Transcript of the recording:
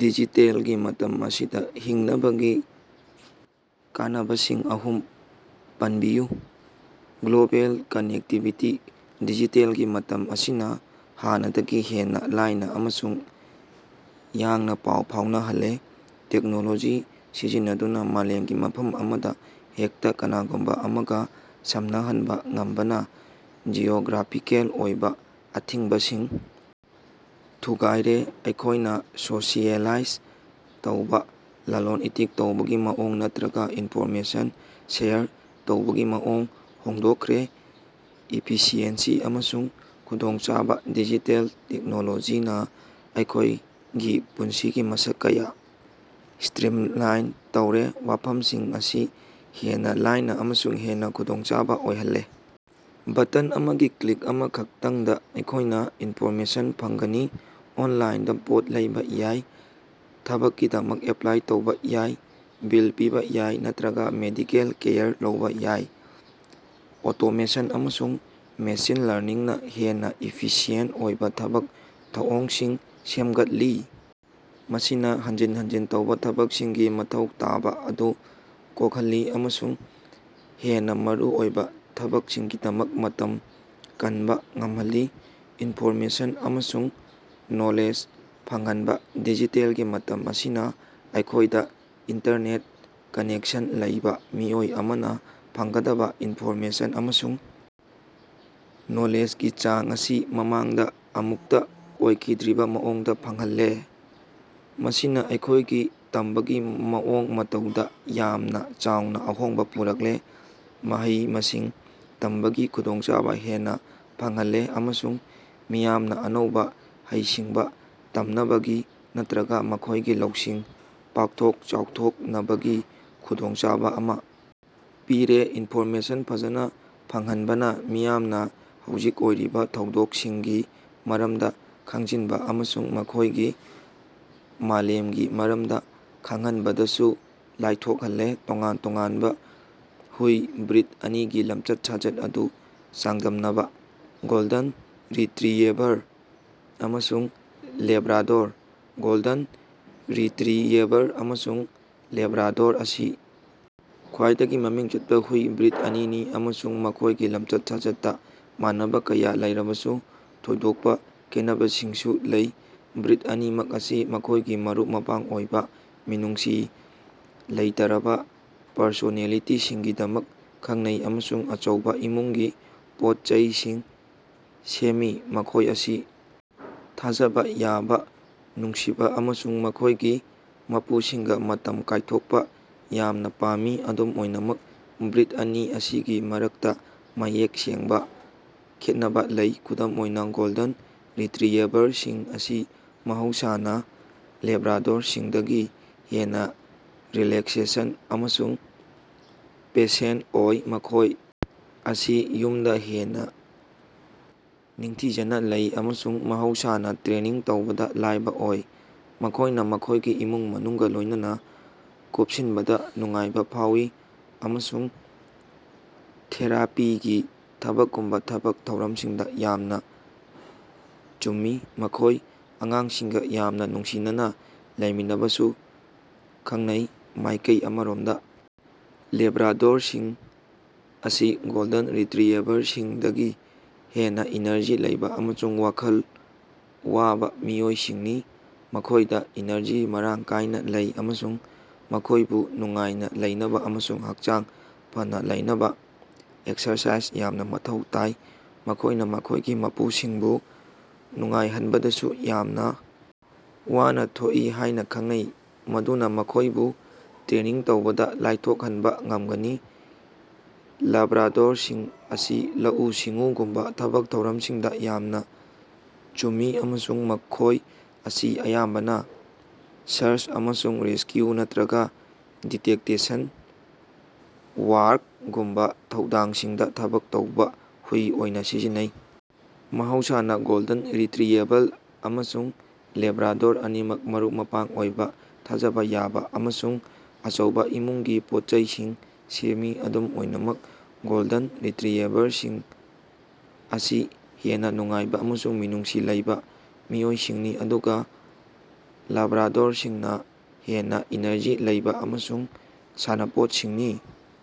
ꯗꯤꯖꯤꯇꯦꯜꯒꯤ ꯃꯇꯝ ꯑꯁꯤꯗ ꯍꯤꯡꯅꯕꯒꯤ ꯀꯥꯟꯅꯕꯁꯤꯡ ꯑꯍꯨꯝ ꯄꯟꯕꯤꯌꯨ꯫ ꯒ꯭ꯂꯣꯕꯦꯜ ꯀꯥꯅꯦꯛꯇꯤꯕꯤꯇꯤ - ꯗꯤꯖꯤꯇꯦꯜꯒꯤ ꯃꯇꯝ ꯑꯁꯤꯅ ꯍꯥꯟꯅꯗꯒꯤ ꯍꯦꯟꯅ ꯂꯥꯏꯅ ꯑꯃꯁꯨꯡ ꯌꯥꯡꯅ ꯄꯥꯎ ꯐꯥꯎꯅꯍꯜꯂꯦ꯫ ꯇꯦꯛꯅꯣꯂꯣꯖꯤ ꯁꯤꯖꯤꯟꯅꯗꯨꯅ ꯃꯥꯂꯦꯝꯒꯤ ꯃꯐꯝ ꯑꯃꯗ ꯍꯦꯛꯇ ꯀꯅꯥꯒꯨꯝꯕ ꯑꯃꯒ ꯁꯝꯅꯍꯟꯕ ꯉꯝꯕꯅ ꯖꯤꯑꯣꯒ꯭ꯔꯥꯐꯤꯀꯦꯜꯒꯤ ꯑꯣꯏꯕ ꯑꯊꯤꯡꯕꯁꯤꯡ ꯊꯨꯒꯥꯏꯔꯦ, ꯑꯩꯈꯣꯏꯅ ꯁꯣꯁꯤꯑꯦꯂꯥꯏꯖ ꯇꯧꯕ, ꯂꯥꯂꯣꯟ-ꯏꯇꯤꯛ ꯇꯧꯕꯒꯤ ꯃꯑꯣꯡ ꯅꯠꯇꯔꯒ ꯏꯟꯐꯣꯔꯃꯦꯁꯟ ꯁꯦꯌꯔ ꯇꯧꯕꯒꯤ ꯃꯑꯣꯡ ꯍꯣꯡꯗꯣꯛꯈ꯭ꯔꯦ꯫ ꯏꯐꯤꯁꯤꯑꯦꯟꯁꯤ ꯑꯃꯁꯨꯡ ꯈꯨꯗꯣꯡꯆꯥꯕ - ꯗꯤꯖꯤꯇꯦꯜ ꯇꯦꯛꯅꯣꯂꯣꯖꯤꯅ ꯑꯩꯈꯣꯏꯒꯤ ꯄꯨꯟꯁꯤꯒꯤ ꯃꯁꯛ ꯀꯌꯥ ꯁ꯭ꯇꯔꯤꯝꯂꯥꯏꯟ ꯇꯧꯔꯦ, ꯋꯥꯐꯝꯁꯤꯡ ꯑꯁꯤ ꯍꯦꯟꯅ ꯂꯥꯏꯅꯥ ꯑꯃꯁꯨꯡ ꯍꯦꯟꯅ ꯈꯨꯗꯣꯡꯆꯥꯕ ꯑꯣꯏꯍꯜꯂꯦ꯫ ꯕꯇꯟ ꯑꯃꯒꯤ ꯀ꯭ꯂꯤꯛ ꯑꯃꯈꯛꯇꯪꯗ ꯑꯩꯈꯣꯏꯅ ꯏꯟꯐꯣꯔꯃꯦꯁꯟ ꯐꯪꯒꯅꯤ, ꯑꯣꯟꯂꯥꯏꯟꯗ ꯄꯣꯠ ꯂꯩꯕ ꯌꯥꯏ, ꯊꯕꯛꯀꯤꯗꯃꯛ ꯑꯦꯄ꯭ꯂꯥꯏ ꯇꯧꯕ ꯌꯥꯏ, ꯕꯤꯜ ꯄꯤꯕ ꯌꯥꯏ ꯅꯠꯇꯔꯒ ꯃꯦꯗꯤꯀꯦꯜ ꯀꯦꯌꯔ ꯂꯧꯕ ꯌꯥꯏ꯫ ꯑꯣꯇꯣꯃꯦꯁꯟ ꯑꯃꯁꯨꯡ ꯃꯦꯁꯤꯟ ꯂꯔꯅꯤꯡꯅ ꯍꯦꯟꯅ ꯏꯐꯤꯁꯤꯌꯦꯟꯇ ꯑꯣꯏꯕ ꯊꯕꯛ ꯊꯧꯑꯣꯡꯁꯤꯡ ꯁꯦꯝꯒꯠꯂꯤ, ꯃꯁꯤꯅ ꯍꯟꯖꯤꯟ ꯍꯟꯖꯤꯟ ꯇꯧꯕ ꯊꯕꯛꯁꯤꯡꯒꯤ ꯃꯊꯧ ꯇꯥꯕ ꯑꯗꯨ ꯀꯣꯛꯍꯜꯂꯤ ꯑꯃꯁꯨꯡ ꯍꯦꯟꯅ ꯃꯔꯨꯑꯣꯏꯕ ꯊꯕꯛꯁꯤꯡꯒꯤꯗꯃꯛ ꯃꯇꯝ ꯀꯟꯕ ꯉꯝꯍꯜꯂꯤ꯫ ꯏꯟꯐꯣꯔꯃꯦꯁꯟ ꯑꯃꯁꯨꯡ ꯅꯣꯂꯦꯖ ꯐꯪꯍꯟꯕ - ꯗꯤꯖꯤꯇꯦꯜꯒꯤ ꯃꯇꯝ ꯑꯁꯤꯅ ꯑꯩꯈꯣꯏꯗ ꯏꯟꯇꯔꯅꯦꯠ ꯀꯥꯅꯦꯛꯁꯟ ꯂꯩꯕ ꯃꯤꯑꯣꯏ ꯑꯃꯅ ꯐꯪꯒꯗꯕ ꯏꯟꯐꯣꯔꯃꯦꯁꯟ ꯑꯃꯁꯨꯡ ꯅꯣꯂꯦꯖꯒꯤ ꯆꯥꯡ ꯑꯁꯤ ꯃꯃꯥꯡꯗ ꯑꯃꯨꯛꯇ ꯑꯣꯏꯈꯤꯗ꯭ꯔꯤꯕ ꯃꯑꯣꯡꯗ ꯐꯪꯍꯜꯂꯦ꯫ ꯃꯁꯤꯅ ꯑꯩꯈꯣꯏꯒꯤ ꯇꯝꯕꯒꯤ ꯃꯑꯣꯡ ꯃꯇꯧꯗ ꯌꯥꯝꯅ ꯆꯥꯎꯅ ꯑꯍꯣꯡꯕ ꯄꯨꯔꯛꯂꯦ, ꯃꯍꯩ-ꯃꯁꯤꯡ ꯇꯝꯕꯒꯤ ꯈꯨꯗꯣꯡꯆꯥꯕ ꯍꯦꯟꯅ ꯐꯪꯍꯜꯂꯦ ꯑꯃꯁꯨꯡ ꯃꯤꯌꯥꯝꯅ ꯑꯅꯧꯕ ꯍꯩꯁꯤꯡꯕ ꯇꯝꯅꯕꯒꯤ ꯅꯠꯇꯔꯒ ꯃꯈꯣꯏꯒꯤ ꯂꯧꯁꯤꯡ ꯄꯥꯛꯊꯣꯛ-ꯆꯥꯎꯊꯣꯛꯅꯕꯒꯤ ꯈꯨꯗꯣꯡꯆꯥꯕ ꯑꯃ ꯄꯤꯔꯦ꯫ ꯏꯟꯐꯣꯔꯃꯦꯁꯟ ꯐꯖꯅ ꯐꯪꯍꯟꯕꯅꯥ ꯃꯤꯌꯥꯝꯅ ꯍꯧꯖꯤꯛ ꯑꯣꯏꯔꯤꯕ ꯊꯧꯗꯣꯛꯁꯤꯡꯒꯤ ꯃꯔꯝꯗ ꯈꯪꯖꯤꯟꯕ ꯑꯃꯁꯨꯡ ꯃꯈꯣꯏꯒꯤ ꯃꯥꯂꯦꯝꯒꯤ ꯃꯔꯝꯗ ꯈꯪꯍꯟꯕꯗꯁꯨ ꯂꯥꯏꯊꯣꯛꯍꯜꯂꯦ꯫ ꯇꯣꯉꯥꯟ-ꯇꯣꯉꯥꯟꯕ ꯍꯨꯏ ꯕ꯭ꯔꯤꯗ ꯑꯅꯤꯒꯤ ꯂꯝꯆꯠ-ꯁꯥꯖꯠ ꯑꯗꯨ ꯆꯥꯡꯗꯝꯅꯕ - ꯒꯣꯜꯗꯟ ꯔꯤꯇꯔꯤꯌꯦꯚꯔ ꯑꯃꯁꯨꯡ ꯂꯥꯕ꯭ꯔꯥꯗꯣꯔ꯫ ꯒꯣꯜꯗꯟ ꯔꯤꯇꯔꯤꯌꯦꯚꯔ ꯑꯃꯁꯨꯡ ꯂꯥꯕ꯭ꯔꯥꯗꯣꯔ ꯑꯁꯤ ꯈ꯭ꯋꯥꯏꯗꯒꯤ ꯃꯃꯤꯡ ꯆꯠꯄ ꯍꯨꯏꯒꯤ ꯕ꯭ꯔꯤꯗ ꯑꯅꯤꯅꯤ, ꯑꯃꯁꯨꯡ ꯃꯈꯣꯏꯒꯤ ꯂꯝꯆꯠ-ꯁꯥꯖꯠꯇ ꯃꯥꯟꯅꯕꯥ ꯀꯌꯥ ꯑꯃ ꯂꯩꯔꯕꯁꯨ, ꯊꯣꯏꯗꯣꯛꯄ ꯈꯦꯠꯅꯕꯁꯤꯡꯁꯨ ꯂꯩ꯫ ꯕ꯭ꯔꯤꯗ ꯑꯅꯤꯃꯛ ꯑꯁꯤ ꯃꯈꯣꯏꯒꯤ ꯃꯔꯨꯞ-ꯃꯄꯥꯡ ꯑꯣꯏꯕ, ꯃꯤꯅꯨꯡꯁꯤ ꯂꯩꯇꯔꯕꯥ ꯄꯔꯁꯣꯅꯦꯂꯤꯇꯤꯁꯤꯡꯒꯤꯗꯃꯛ ꯈꯪꯅꯩ ꯑꯃꯁꯨꯡ ꯑꯆꯧꯕ ꯏꯃꯨꯡꯒꯤ ꯄꯣꯠꯆꯩꯁꯤꯡ ꯁꯦꯝꯃꯤ꯫ ꯃꯈꯣꯏ ꯑꯁꯤ ꯊꯥꯖꯕꯥ ꯌꯥꯕ, ꯅꯨꯡꯁꯤꯕ ꯑꯃꯁꯨꯡ ꯃꯈꯣꯏꯒꯤ ꯃꯄꯨꯁꯤꯡꯒ ꯃꯇꯝ ꯀꯥꯏꯊꯣꯛꯄ ꯌꯥꯝꯅ ꯄꯥꯝꯃꯤ꯫ ꯑꯗꯨꯝ ꯑꯣꯏꯅꯃꯛ, ꯕ꯭ꯔꯤꯗ ꯑꯅꯤ ꯑꯁꯤꯒꯤ ꯃꯔꯛꯇ ꯃꯌꯦꯛ ꯁꯦꯡꯕ ꯈꯦꯠꯅꯕꯥ ꯂꯩ꯫ ꯈꯨꯗꯝ ꯑꯣꯏꯅ, ꯒꯣꯜꯗꯟ ꯔꯤꯇꯔꯤꯌꯦꯚꯔꯁꯤꯡ ꯑꯁꯤ ꯃꯍꯧꯁꯥꯅ ꯂꯥꯕ꯭ꯔꯥꯗꯣꯔꯁꯤꯡꯗꯒꯤ ꯍꯦꯟꯅ ꯔꯤꯂꯥꯛꯁꯦꯁꯟ ꯑꯃꯁꯨꯡ ꯄꯦꯁꯦꯟꯇ ꯑꯣꯏ꯫ ꯃꯈꯣꯏ ꯑꯁꯤ ꯌꯨꯝꯗ ꯍꯦꯟꯅ ꯅꯤꯡꯊꯤꯖꯅ ꯂꯩ, ꯑꯃꯁꯨꯡ ꯃꯍꯧꯁꯥꯅ ꯇ꯭ꯔꯦꯅꯤꯡ ꯇꯧꯕꯗꯥ ꯂꯥꯏꯕ ꯑꯣꯏ꯫ ꯃꯈꯣꯏꯅ ꯃꯈꯣꯏꯒꯤ ꯏꯃꯨꯡ-ꯃꯅꯨꯡꯒ ꯂꯣꯏꯅꯅ ꯀꯨꯞꯁꯤꯟꯕꯗꯥ ꯅꯨꯡꯉꯥꯏꯕ ꯐꯥꯎꯏ, ꯑꯃꯁꯨꯡ ꯊꯦꯔꯥꯄꯤꯒꯤ ꯊꯕꯛꯒꯨꯝꯕ ꯊꯕꯛ ꯊꯧꯔꯝꯁꯤꯡꯗ ꯌꯥꯝꯅ ꯆꯨꯝꯃꯤ꯫ ꯃꯈꯣꯏ ꯑꯉꯥꯡꯁꯤꯡꯒ ꯌꯥꯝꯅ ꯅꯨꯡꯁꯤꯅꯅꯥ ꯂꯩꯃꯤꯟꯅꯕꯁꯨ ꯈꯪꯅꯩ꯫ ꯃꯥꯏꯀꯩ ꯑꯃꯔꯣꯝꯗ ꯂꯥꯕ꯭ꯔꯥꯗꯣꯔꯁꯤꯡ ꯑꯁꯤ ꯒꯣꯜꯗꯟ ꯔꯤꯇꯔꯤꯌꯦꯚꯔꯁꯤꯡꯗꯒꯤ ꯍꯦꯟꯅ ꯏꯅꯔꯖꯤ ꯂꯩꯕ ꯑꯃꯁꯨꯡ ꯋꯥꯈꯜ ꯋꯥꯕ ꯃꯤꯑꯣꯏꯁꯤꯡꯅꯤ꯫ ꯃꯈꯣꯏꯗ ꯏꯅꯔꯖꯤ ꯃꯔꯥꯡ ꯀꯥꯏꯅ ꯂꯩ ꯑꯃꯁꯨꯡ ꯃꯈꯣꯏꯕꯨ ꯅꯨꯡꯉꯥꯏꯅ ꯂꯩꯅꯕꯥ ꯑꯃꯁꯨꯡ ꯍꯛꯆꯥꯡ ꯐꯅꯥ ꯂꯩꯅꯕꯥ ꯑꯦꯛꯁꯔꯁꯥꯏꯖ ꯌꯥꯝꯅ ꯃꯊꯧ ꯇꯥꯏ꯫ ꯃꯈꯣꯏꯅ ꯃꯈꯣꯏꯒꯤ ꯃꯄꯨꯁꯤꯡꯕꯨ ꯅꯨꯡꯉꯥꯏꯍꯟꯕꯗꯁꯨ ꯌꯥꯝꯅ ꯋꯥꯅ ꯊꯣꯛꯏ ꯍꯥꯏꯅ ꯈꯪꯅꯩ, ꯃꯗꯨꯅ ꯃꯈꯣꯏꯕꯨ ꯇ꯭ꯔꯦꯅꯤꯡ ꯇꯧꯕꯗ ꯂꯥꯏꯊꯣꯛꯍꯟꯕ ꯉꯝꯒꯅꯤ꯫ ꯂꯥꯕ꯭ꯔꯥꯗꯣꯔꯁꯤꯡ ꯑꯁꯤ ꯂꯧꯎ-ꯁꯤꯡꯎꯒꯨꯝꯕ ꯊꯕꯛ ꯊꯧꯔꯝꯁꯤꯡꯗ ꯌꯥꯝꯅ ꯆꯨꯝꯃꯤ, ꯑꯃꯁꯨꯡ ꯃꯈꯣꯏ ꯑꯁꯤ ꯑꯌꯥꯝꯕꯅ ꯁꯔꯆ ꯑꯃꯁꯨꯡ ꯔꯦꯁꯀ꯭ꯌꯨ ꯅꯠꯇꯔꯒ ꯗꯤꯇꯦꯛꯇꯦꯁꯟ ꯋꯥ꯭ꯔꯛꯒꯨꯝꯕ ꯊꯧꯗꯥꯡꯁꯤꯡꯗ ꯊꯕꯛ ꯇꯧꯕ ꯍꯨꯏ ꯑꯣꯏꯅ ꯁꯤꯖꯤꯟꯅꯩ꯫ ꯃꯍꯧꯁꯥꯅ, ꯒꯣꯜꯗꯟ ꯔꯤꯇꯔꯤꯌꯦꯚꯜ ꯑꯃꯁꯨꯡ ꯂꯥꯕ꯭ꯔꯥꯗꯣꯔ ꯑꯅꯤꯃꯛ ꯃꯔꯨꯞ-ꯃꯄꯥꯡ ꯑꯣꯏꯕ, ꯊꯥꯖꯕ ꯌꯥꯕ ꯑꯃꯁꯨꯡ ꯑꯆꯧꯕ ꯏꯃꯨꯡꯒꯤ ꯄꯣꯠꯆꯩꯁꯤꯡ ꯁꯦꯝꯃꯤ꯫ ꯑꯗꯨꯝ ꯑꯣꯏꯅꯃꯛ, ꯒꯣꯜꯗꯟ ꯔꯤꯇꯔꯤꯌꯦꯚꯔꯁꯤꯡ ꯑꯁꯤ ꯍꯦꯟꯅ ꯅꯨꯡꯉꯥꯏꯕ ꯑꯃꯁꯨꯡ ꯃꯤꯅꯨꯡꯁꯤ ꯂꯩꯕ ꯃꯤꯑꯣꯏꯁꯤꯡꯅꯤ, ꯑꯗꯨꯒ ꯂꯥꯕ꯭ꯔꯥꯗꯣꯔꯁꯤꯡꯅ ꯍꯦꯟꯅ ꯏꯅꯔꯖꯤ ꯂꯩꯕ ꯑꯃꯁꯨꯡ ꯁꯥꯟꯅꯄꯣꯠꯁꯤꯡꯅꯤ꯫